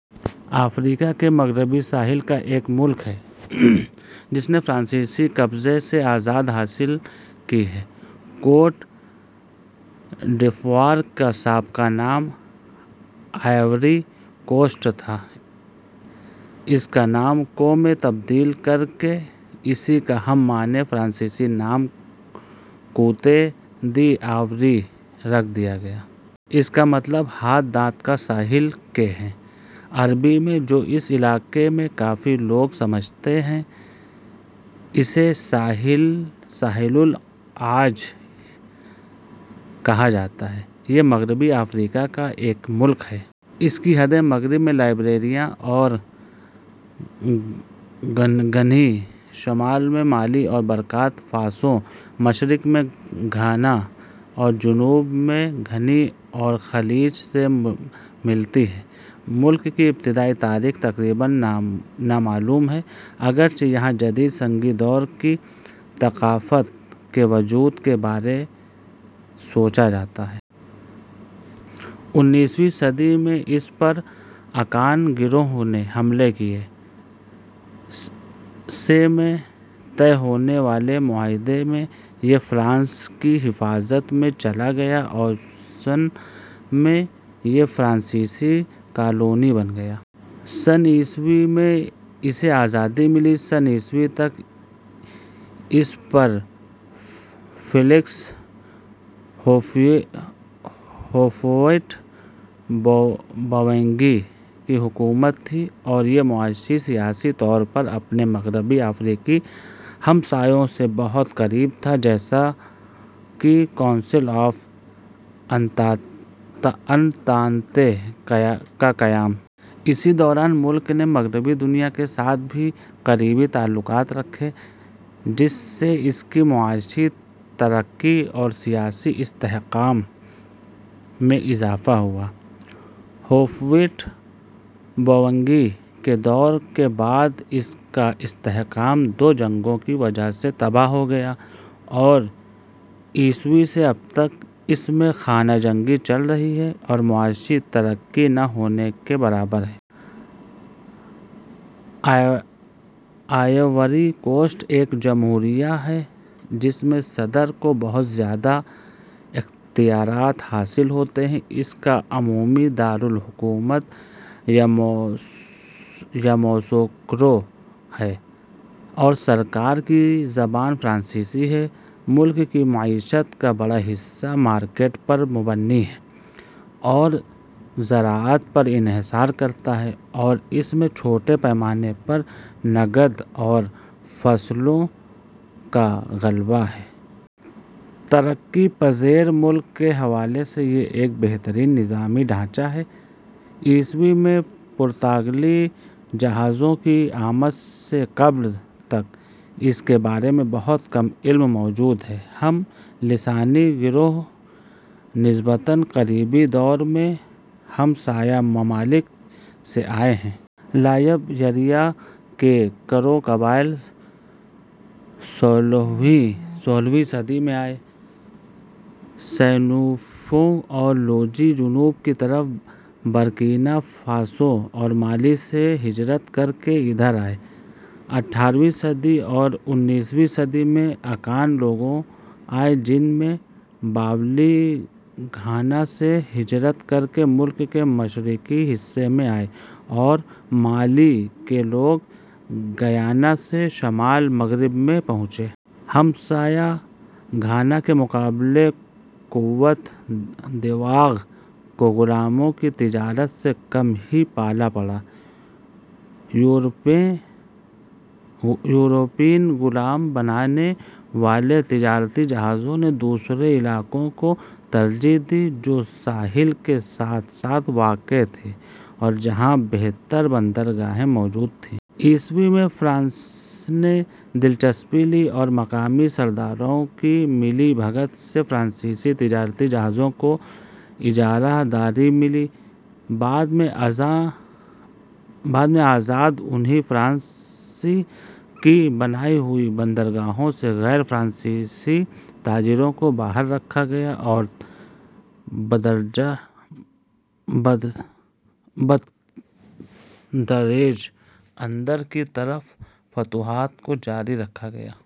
افریقہ کے مغربی ساحل کا ایک ملک ہے جس نے فرانسیسی قبضہ سے آزادی حاصل کی ہے۔ کوٹ ڈیفوار کا سابقہ نام آئیوری کوسٹ تھا۔ اس نام کو ء میں تبدیل کر کے اسی کا ہم معنیٰ فرانسیسی نام کوتے دی آئیوورے رکھ دیا گیا۔ اس کا مطلب ہاتھی دانت کا ساحل کے ہیں۔ عربی میں جو اس علاقے میں کافی لوگ سمجھتے ہیں، اسے ساحل العاج ہی کہا جاتا ہے۔ یہ مغربی افریقہ کا ایک ملک ہے۔ اس کی حدیں مغرب میں لائیبریا اور گنی ، شمال میں مالی اور برکینا فاسو ، مشرق میں گھانا اور جنوب میں گنی کی خلیج سے ملتی ہیں۔ ملک کی ابتدائی تاریخ تقریباً نامعلوم ہے اگرچہ یہاں جدید سنگی دور کی ثقافت کے وجود کے بارے سوچا جاتا ہے۔ انیسویں صدی میں اس پر اکان گروہوں نے حملے کیے۔ ء سے ء میں طے ہونے والے معاہدے میں یہ فرانس کی حفاظت میں چلا گیا اور سن ء میں یہ فرانسیسی کالونی بن گیا۔ سن ء میں اسے آزادی ملی۔ سن ء تک اس پر فیلکس ہوفویٹ-بوئیگنی کی حکومت تھی اور یہ معاشی اور سیاسی طور پر اپنے مغربی افریقی ہمسایوں سے بہت قریب تھا جیساکہ کونسل آف انتانتے کا قیام ۔ اسی دوران ملک نے مغربی دنیا کے ساتھ بھی قریبی تعلقات رکھے جس سے اس کی معاشی ترقی اور سیاسی استحکام میں اضافہ ہوا۔ ہوفویٹ- بوئیگنی کے دور کے بعد اس کا استحکام دو جنگوں کی وجہ سے تباہ ہو گیا اور ء سے اب تک اس میں خانہ جنگی چل رہی ہے اور معاشی ترقی نہ ہونے کے برابر ہے۔ آئیووری کوسٹ ایک جمہوریہ ہے جس میں صدر کو بہت زیادہ اختیارات حاصل ہوتے ہیں۔ اس کا عمومی دار الحکومت یاموسوکرو ہے اور سرکاری زبان فرانسیسی ہے۔ ملک کی معیشت کا بڑا حصہ مارکیٹ پر مبنی ہے اور زراعت پر انحصار کرتا ہے اور اس میں چھوٹے پیمانے پر نقد آور فصلوں کا غلبہ ہے۔ ترقی پزیر ملک کے حوالے سے یہ ایک بہترین نظامی ڈھانچہ ہے۔ ء میں پرتگالی جہازوں کی آمد سے قبل تک اس کے بارے بہت کم علم موجود ہے۔ اہم لسانی گروہ نسبتاً قریبی دور میں ہمسایہ ممالک سے آئے ہیں۔ لائیبیریا کے کرو قبائل سولہویں صدی میں آئے، سینوفو اور لوبی جنوب کی طرف برکینا فاسو اور مالی سے ہجرت کرکے ادھر آئے ہیں۔ اٹھارویں صدی اور انیسویں صدی میں اکان لوگ آئے جن میں باولی گھاناسے ہجرت کرکے ملک کے مشرقی حصے میں آئے اور مالی کے لوگ گیانا سے شمال مغرب میں پہنچے۔ ہمسایہ گھانا کے مقابلے کوت دیواغ کو غلاموں کی تجارت سے کم ہی پالا پڑا۔ یورپین غلام بنانے والے اور تجارتی جہازوں نے دوسرے علاقوں کو ترجیح دی جو ساحل کے ساتھ ساتھ واقع تھے اور جہاں بہتر بندرگاہیں موجود تھیں۔ ء میں فرانس نے دلچسپی لی اور مقامی سرداروں کی ملی بھگت سے فرانسیسی تجارتی جہازوں کو اجارہ داری ملی۔ بعد ازاں انہی فرانس کی بنائی ہوئی بندرگاہوں سے غیر فرانسیسی تاجروں کو باہر رکھا گیا اور بتدریج اندر کی طرف فتوحات کو جاری رکھا گیا۔